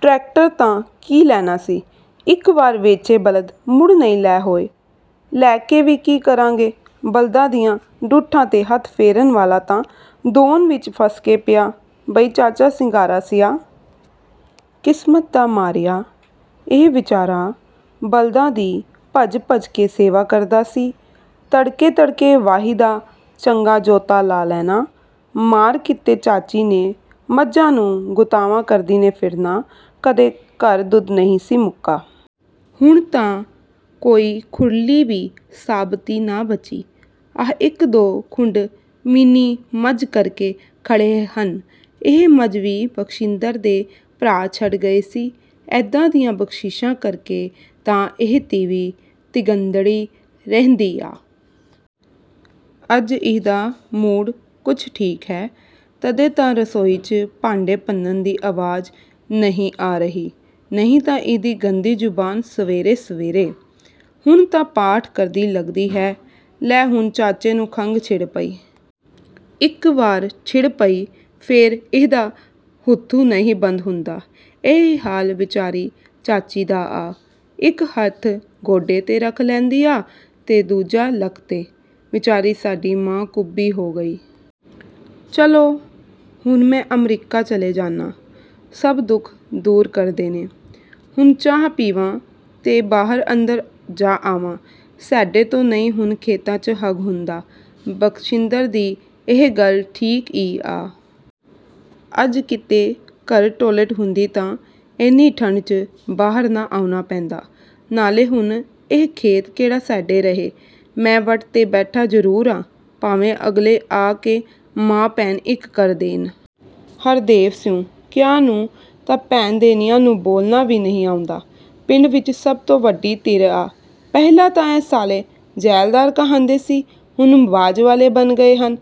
Tractor ਤਾਂ ਕੀ ਲੈਣਾ ਸੀ। ਇੱਕ ਵਾਰ ਵੇਚੇ ਬਲਦ ਮੁੜ ਨਈਂ ਲੈ ਹੋਏ। ਲੈ ਕੇ ਵੀ ਕੀ ਕਰਾਂਗੇ? ਬਲਦਾਂ ਦੀਆਂ ਢੁੱਠਾਂ 'ਤੇ ਹੱਥ ਫੇਰਨ ਵਾਲਾ ਤਾਂ ਦੌਣ ਵਿੱਚ ਫ਼ਸ ਕੇ ਪਿਆ। ਬਈ ਚਾਚਾ ਸ਼ਿੰਗਾਰਾ ਸਿਆਂ। ਕਿਸਮਤ ਦਾ ਮਾਰਿਆ—। " ਇਹ ਵਿਚਾਰਾ ਬਲਦਾਂ ਦੀ ਭੱਜ-ਭੱਜ ਕੇ ਸੇਵਾ ਕਰਦਾ ਸੀ। ਤੜਕੇ-ਤੜਕੇ ਵਾਹੀ ਦਾ ਚੰਗਾ ਜੋਤਾ ਲਾ ਲੈਣਾਂ। ਮਾਰ ਕਿਤੇ ਚਾਚੀ ਨੇ ਮੱਝਾਂ ਨੂੰ ਗੁਤਾਵਾ ਕਰਦੀ ਨੇ ਫਿਰਨਾ। ਕਦੇ ਘਰ ਦੁੱਧ ਨਈਂ ਸੀ ਮੁੱਕਾ। ਹੁਣ ਤਾਂ ਕੋਈ ਖੁਰਲੀ ਵੀ ਸਾਬਤੀ ਨਾ ਬਚੀ। ਆਹ ਇੱਕ ਦੋ ਖੁੰਢ ਮੀਣੀ ਮੱਝ ਕਰਕੇ ਖੜ੍ਹ੍ਹੇ ਹਨ। ਇਹ ਮੱਝ ਵੀ ਬਖਸ਼ਿੰਦਰ ਦੇ ਭਰਾ ਛੱਡ ਗਏ ਸੀ। ਐਦਾਂ ਦੀਆਂ 'ਬਖ਼ਸ਼ਿਸ਼ਾਂ' ਕਰਕੇ ਤਾਂ ਇਹ ਤੀਵੀਂ ਤੀਂਗੜ੍ਹਦੀ ਰਹਿੰਦੀ ਆ। ਅੱਜ ਇਹਦਾ ਮੂਡ ਕੁੱਛ ਠੀਕ ਹੈ। ਤਦੇ ਤਾਂ ਰਸੋਈ 'ਚ ਭਾਂਡੇ ਭੰਨਣ ਦੀ ਆਵਾਜ਼ ਨਈਂ ਆ ਰਹੀ। ਨਈਂ ਤਾਂ ਇਹਦੀ ਗੰਦੀ ਜ਼ੁਬਾਨ ਸਵੇਰੇ-ਸਵੇਰੇ…। ਹੁਣ ਤਾਂ ਪਾਠ ਕਰਦੀ ਲਗਦੀ ਹੈ। ਲੈ ਹੁਣ ਚਾਚੇ ਨੂੰ ਖੰਘ ਛਿੜ ਪਈ। ਇੱਕ ਵਾਰ ਛਿੜ ਪਈ, ਫ਼ੇਰ ਇ੍ਹਦਾ ਹੁੱਥੂ ਨਈਂ ਬੰਦ ਹੁੰਦਾ। ਏਹੀ ਹਾਲ ਵਿਚਾਰੀ ਚਾਚੀ ਦਾ ਆ। ਇੱਕ ਹੱਥ ਗੋਡੇ 'ਤੇ ਰੱਖ ਲੈਂਦੀ ਆ ਤੇ ਦੂਜਾ ਲੱਕ 'ਤੇ। ਵਿਚਾਰੀ ਸਾਡੀ ਮਾਂ ਕੁੱਬੀ ਹੋ ਗਈ! ਚਲੋ… ਹੁਣ ਮੈਂ ਅਮਰੀਕਾ ਚਲੇ ਜਾਣਾ। ਸੱਭ ਦੁੱਖ ਦੂਰ ਕਰ ਦੇਣੇ। ਹੁਣ ਚਾਹ ਪੀਵਾਂ ਤੇ ਬਾਹਰ-ਅੰਦਰ ਜਾ ਆਵਾਂ। "ਸਾਡੇ ਤੋਂ ਨਈਂ ਹੁਣ ਖੇਤਾਂ 'ਚ ਹੱਗ ਹੁੰਦਾ। " ਬਖਸ਼ਿੰਦਰ ਦੀ ਇਹ ਗੱਲ ਠੀਕ ਈ ਆ। ਅੱਜ ਕਿਤੇ ਘਰ ਟੋਲਟ ਹੁੰਦੀ ਤਾਂ ਐਨੀ ਠੰਢ 'ਚ ਬਾਹਰ ਨਾ ਆਉਣਾ ਪੈਂਦਾ। ਨਾਲੇ ਹੁਣ ਇਹ ਖੇਤ ਕਿਹੜਾ ਸਾਡੇ ਰਹੇ। ਮੈਂ ਵੱਟ ਤੇ ਬੈਠਾ ਜ਼ਰੂਰ ਆਂ। ਭਾਵੇਂ ਅਗਲੇ ਆ ਕੇ ਮਾਂ ਭੈਣ ਇੱਕ ਕਰ ਦੇਣ। ਹਰਦੇਵ ਸੁੰਹ ਕਿਆਂ ਨੂੰ ਤਾਂ ਭੈਣ ਦੇਣਿਆਂ ਨੂੰ ਬੋਲਣਾ ਵੀ ਨਈਂ ਆਉਂਦਾ। ਪਿੰਡ ਵਿੱਚ ਸੱਭ ਤੋਂ ਵੱਡੀ ਧਿਰ ਆ। ਪਹਿਲਾਂ ਤਾਂ ਇਹ ਸਾਲੇ ਜ਼ੈਲਦਾਰ ਕਹਾਂਦੇ ਸੀ, ਹੁਣ ਬਾਜ਼ ਵਾਲੇ ਬਣ ਗਏ ਹਨ।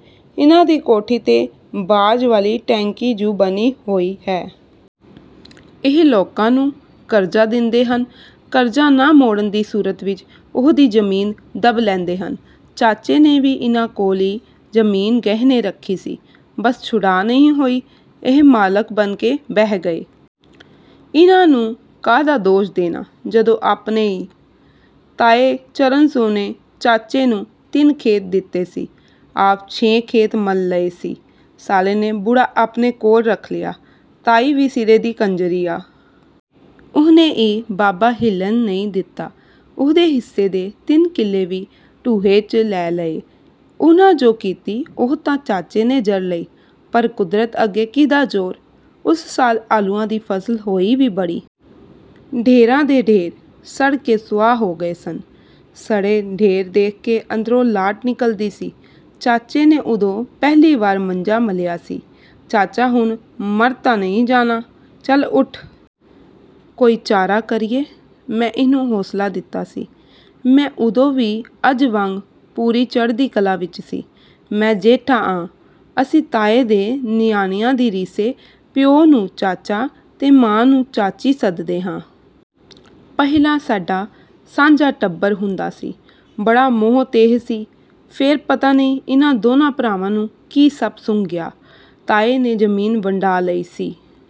ਇਨ੍ਹਾਂ ਦੀ ਕੋਠੀ 'ਤੇ ਬਾਜ਼ ਵਾਲੀ ਟੈਂਕੀ ਜੂੰ ਬਣੀ ਹੋਈ ਹੈ। ਇਹ ਲੋਕਾਂ ਨੂੰ ਕਰਜ਼ਾ ਦਿੰਦੇ ਹਨ। ਕਰਜ਼ਾ ਨਾ ਮੋੜਨ ਦੀ ਸੂਰਤ ਵਿਚ, ਉਹਦੀ ਜ਼ਮੀਨ ਦੱਬ ਲੈਂਦੇ ਹਨ। ਚਾਚੇ ਨੇ ਵੀ ਇਨ੍ਹਾਂ ਕੋਲ ਈ ਜ਼ਮੀਨ ਗਹਿਣੇ ਰੱਖੀ ਸੀ। ਬੱਸ ਛੁਡਾ ਨਈਂ ਹੋਈ। ਇਹ ਮਾਲਕ ਬਣ ਕੇ ਬਹਿ ਗਏ। ਇਨ੍ਹਾਂ ਨੂੰ ਕਾਹਦਾ ਦੋਸ਼ ਦੇਣਾ। ਜਦੋਂ ਆਪਣੇ ਈ…! ਤਾਏ ਚਰਨ ਸੁੰਹ ਨੇ ਚਾਚੇ ਨੂੰ ਤਿੰਨ ਖੇਤ ਦਿੱਤੇ ਸੀ। ਆਪ ਛੇ ਖੇਤ ਮੱਲ ਲਏ ਸੀ। ਸਾਲੇ ਨੇ ਬੁੜਾ ਆਪਣੇ ਕੋਲ ਰੱਖ ਲਿਆ। ਤਾਈ ਵੀ ਸਿਰੇ ਦੀ ਕੰਜ਼ਰੀ ਆ। ਉਹਨੇ ਈ ਬਾਬਾ ਹਿੱਲਣ ਨਈਂ ਦਿੱਤਾ। ਉਹਦੇ ਹਿੱਸੇ ਦੇ ਤਿੰਨ ਕਿੱਲੇ ਵੀ ਢੂਹੇ 'ਚ ਲੈ ਲਏ। ਉਹਨਾਂ ਜੋ ਕੀਤੀ, ਉਹ ਤਾਂ ਚਾਚੇ ਨੇ ਜ਼ਰ ਲਈ। ਪਰ ਕੁਦਰਤ ਅੱਗੇ ਕਿਹਦਾ ਜ਼ੋਰ। ਉਸ ਸਾਲ ਆਲੂਆਂ ਦੀ ਫ਼ਸਲ ਹੋਈ ਵੀ ਬੜੀ। ਢੇਰਾਂ ਦੇ ਢੇਰ ਸੜ ਕੇ ਸੁਆਹ ਹੋ ਗਏ ਸਨ। ਸੜੇ ਢੇਰ ਦੇਖ ਕੇ ਅੰਦਰੋਂ ਲਾਟ ਨਿਕਲਦੀ ਸੀ। ਚਾਚੇ ਨੇ ਉਦੋਂ, ਪਹਿਲੀ ਵਾਰ ਮੰਜਾ ਮੱਲਿਆ ਸੀ। "ਚਾਚਾ ਹੁਣ ਮਰ ਤਾਂ ਨਈਂ ਜਾਣਾ।… ਚੱਲ ਉੱਠ। ਕੋਈ ਚਾਰਾ ਕਰੀਏ। " ਮੈਂ ਇਹਨੂੰ ਹੌਂਸਲਾ ਦਿੱਤਾ ਸੀ। ਮੈਂ ਉਦੋਂ ਵੀ ਅੱਜ ਵਾਂਗ ਪੂਰੀ ਚੜ੍ਹਦੀ ਕਲਾ ਵਿੱਚ ਸੀ। ਮੈਂ ਜੇਠਾ ਆਂ। ਅਸੀਂ ਤਾਏ ਦੇ ਨਿਆਣਿਆਂ ਦੀ ਰੀਸੇ ਪਿਓ ਨੂੰ ਚਾਚਾ ਤੇ ਮਾਂ ਨੂੰ ਚਾਚੀ ਸੱਦਦੇ ਹਾਂ। ਪਹਿਲਾਂ ਸਾਡਾ ਸਾਂਝਾ ਟੱਬਰ ਹੁੰਦਾ ਸੀ। ਬੜਾ ਮੋਹ ਤੇਹ ਸੀ। ਫ਼ੇਰ ਪਤਾ ਨਈਂ ਇਨ੍ਹਾਂ ਦੋਨਾਂ ਭਰਾਵਾਂ ਨੂੰ ਕੀ ਸੱਪ ਸੁੰਘ ਗਿਆ। ਤਾਏ ਨੇ ਜ਼ਮੀਨ ਵੰਡਾ ਲਈ ਸੀ।